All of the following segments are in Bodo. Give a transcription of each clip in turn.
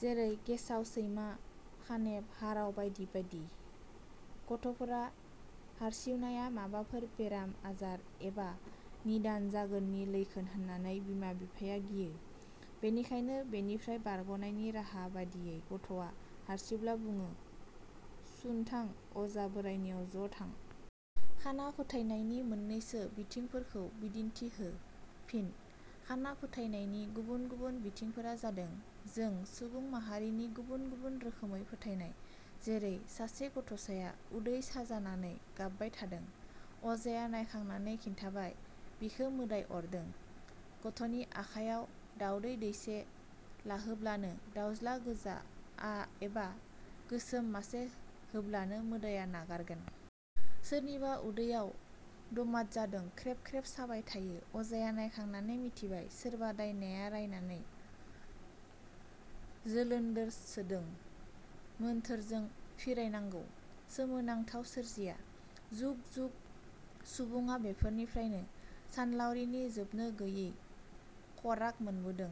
जेरै – गेसाव, सैमा, खानेब, हाराव बायदि बायदि। गथ 'फोरा हारसिउनाया माबाफोर बेमार आजार एबा निदान जागोननि लैखोन होन्नानै बिमा-बिफाया गियो। बेनिखायनो बेनिफ्राय बारग 'नायनि राहा बादियै गथ'आ हारसिउब्ला बुडो – सुन्थां, अजा बोराइनियाव ज 'थां। खाना फोथायनायनि मोननैसो बिथिंफोरखौ बिदिन्थि हो। फिन: खाना फोथायनायनि गुबुन गुबुन बिथिंफोरा जादों जों सुबुं माहारिनि गुबुन गुबुन रोखोमै फोथायनाय। जेरै-सासे गथ'साया उदै साजानानै गाबबाय थादों। अजाया नायखांनानै खिन्थाबाय बिखो मोदाइ अरदों; गथ'नि आखायाव दाउंदै दैसे लाहोब्लानो, दाउज़्ला गोजा एबा गोसोम मासे होब्लानो मोदाइया नागारगोन। सोरनिबा उदैयाव दमाद जादों, ख्रेब ख्रेब साबाय थायो। अजाया नायखांनानै मिथिबाय- सोरबा दाइनाया रायनानै जोलोन्दोर सोदों; मोन्थोरजों फिरायनांगौ। सोमो नांथाव सोरजिया। जुग जुग सुबुडा बेफोरनिफ्रायनो सानलावरिनि जोबनो गैयि खराग मोनबोदों।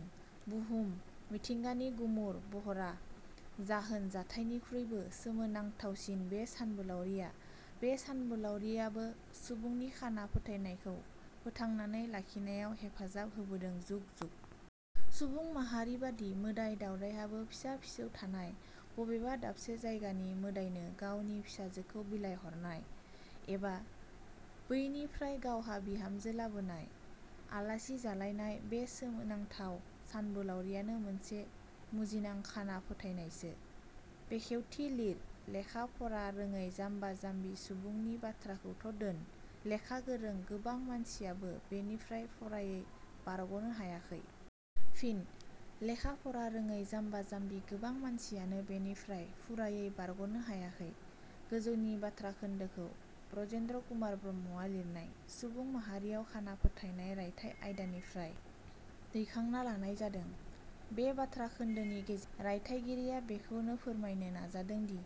बुहुम मिथिंगानि गुमुर बहरा जाहोन जाथायनिखुइबो सोमो नांथावसिन बे सानबोलाउरिया बे सानलावरियाबो सुबुंनि खाना फोथायनायखौ फोथांनानै लाखिनायाव हेफाजाब होबोदों जुग-जुग। सुबुं माहारिबादि मोदाइ- दाउदायहाबो फिसा फिसौ थानाय, बबेबा दाबसे जायगानि मोदाइनो गावनि फिसाजोखौ बिलाय हरनाय, एबा बैनिफ्राय गावहा बिहामजो लाबोनाय, आलासि जालायनाय बे सोमो नांथाव सानलावरियानो मोनसे मुजिनां खाना फोथायनायसो।. बेखेवथि लिर:- लेखा-फरा रोङै-जाम्बा-जाम्बि सुबुंनि बाथ्राखौथ' दोन, लेखा गोरों गोबां मानसियाबो बेनिफ्राय फरायै बारगनो हायाखै। फिन: "लेखा-फरा रोङै जाम्बा-जाम्बि गोबां मानसियानो बेनिफ्राय फुरायै बारगनो हायाखै। " गोजौनि बाथ्रा खोन्दोखौ ब्रजेन्द्र कुमार ब्रह्मआ लिरनाय सुबुं माहारियाव खाना फोथाइनाय रायथाइ आयदानिफ्राय दिखांना लानाय जादों। बे बाथ्रा खोन्दोनि गेजेरजों रायथाइगिरिया बेखौनो फोरमायनो नाजादोंदि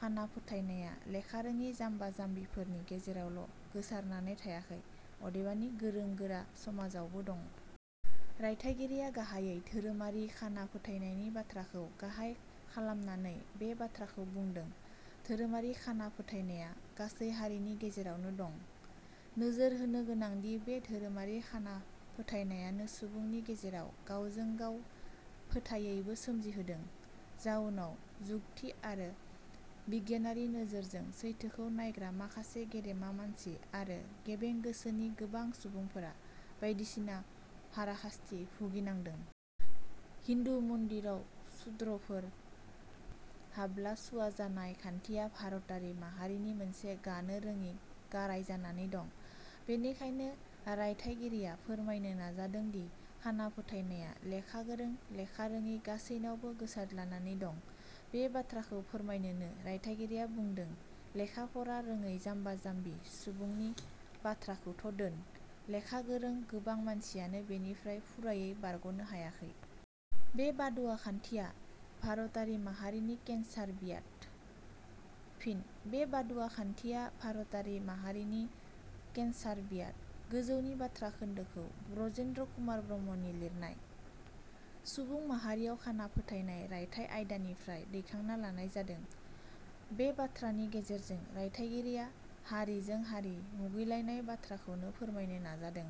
खाना फोथायनाया लेखा रोङि जाम्बा जाम्बिफोरनि गेजेरावल' गोसारनानै थायाखै अदेबानि गोरों-गोरा समाजावबो दं। रायथाइगिरिया गाहायै धोरोमारि खाना फोथायनायनि बाथ्राखौ गाहाइ खालामनानै बे बाथ्राखौ बुंदों। धोरोमारि खाना फोथायनाया गासै हारिनि गेजेरावनो दं। नोजोर होनो गोनांदि बे धोरोमारि खाना फोथायनायानो सुबुंनि गेजेराव गांवजों गाव फोथायैबो सोमजिहोदों। जाउनाव जुकथि आरो बिगियानारि नोजोरजों सैथोखौ नायग्रा माखासे गेदेमा मानसि आरो गेबें गोसोनि गोबां सुबुंफोरा बायदिसिन हाराहास्थि भुगिनांदों। हिन्दु मन्दिराव सुद्रफोर, हाबब्ला सुवा जानाय खान्थिया भारतारि माहारिनि मोनसे गानो रोडि-गाराइ जानानै दं। बेनिखायनो रायथाइगिरिया फोरमायनो नाजादोंदि खाना फोथायनाया लेखा गोरों लेखा रोङै गासैनियावबो गोसारदलानानै दं। बे बाथ्राखौ फोरमायनोनो रायथाइगिरिया बुंदों "लेखा फरा रोङै जाम्बा-जाम्बि सुबुंनि बाथ्राखौथ' दोन, लेखा गोरों गोबां मानसियाबो बेनिफ्राय फुरायै बारगनो हायाखै। "बे बादुवा खान्थिया भारतारि माहारिनि केन्सार बियाद"। फिन: "बे बादुवा खान्थिया भारतारि माहारिनि केन्सार बियाद" गोजौनि बाथ्रा खोन्दोखौ ब्रजेन्द्र कुमार ब्रह्मनि लिरनाय "सुबुं माहारियाव खाना फोथायनाय रायथाइ आयदानिफ्राय दिखांना लानाय जादों। बे बाथ्रानि गेजेरजों रायथाइगिरिया हारिजों हारि मुगैलायनाय बाथ्राखौनो फोरमायनो नाजादों।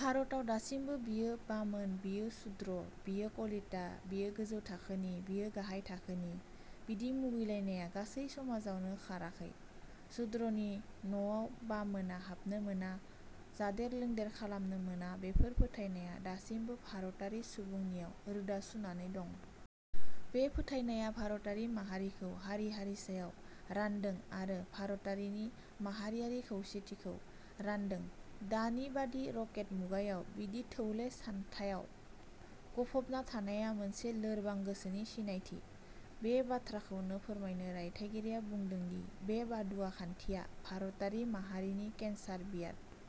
भारताव दासिमबो बियो बामोन बियो सुद्र, बियो कलिता, बियो गोजौ थाखोनि बियो गाहाय थाखोनि बिदि मुगैलायनाया गासै समाजावनो खाराखै। सुद्रनि नवाव बामोना हाबनो मोना जादेर लोंदेर खालामनो मोना बेफोर फोथायनाया दासिमबो भारतारि सुबुंनियाव रोदा सुनानै दं। बे फोथायनाया भारतारि माहारिखौ हारि-हारिसायाव रान्दों आरो भारतारिनि माहारियारि खौसेथिखौ रान्दों। दानि बादि रकेट मुगायाव बिदि थौले सान्थायाव गफबना थानाया मोनसे लोरबां गोसोनि सिनायथि। बे बाथ्राखौनो फोरमायनो रायथाइगिरिया बुंदोदि बे बादुवा खान्थिया भारतारि माहारिनि केन्सार बियाद।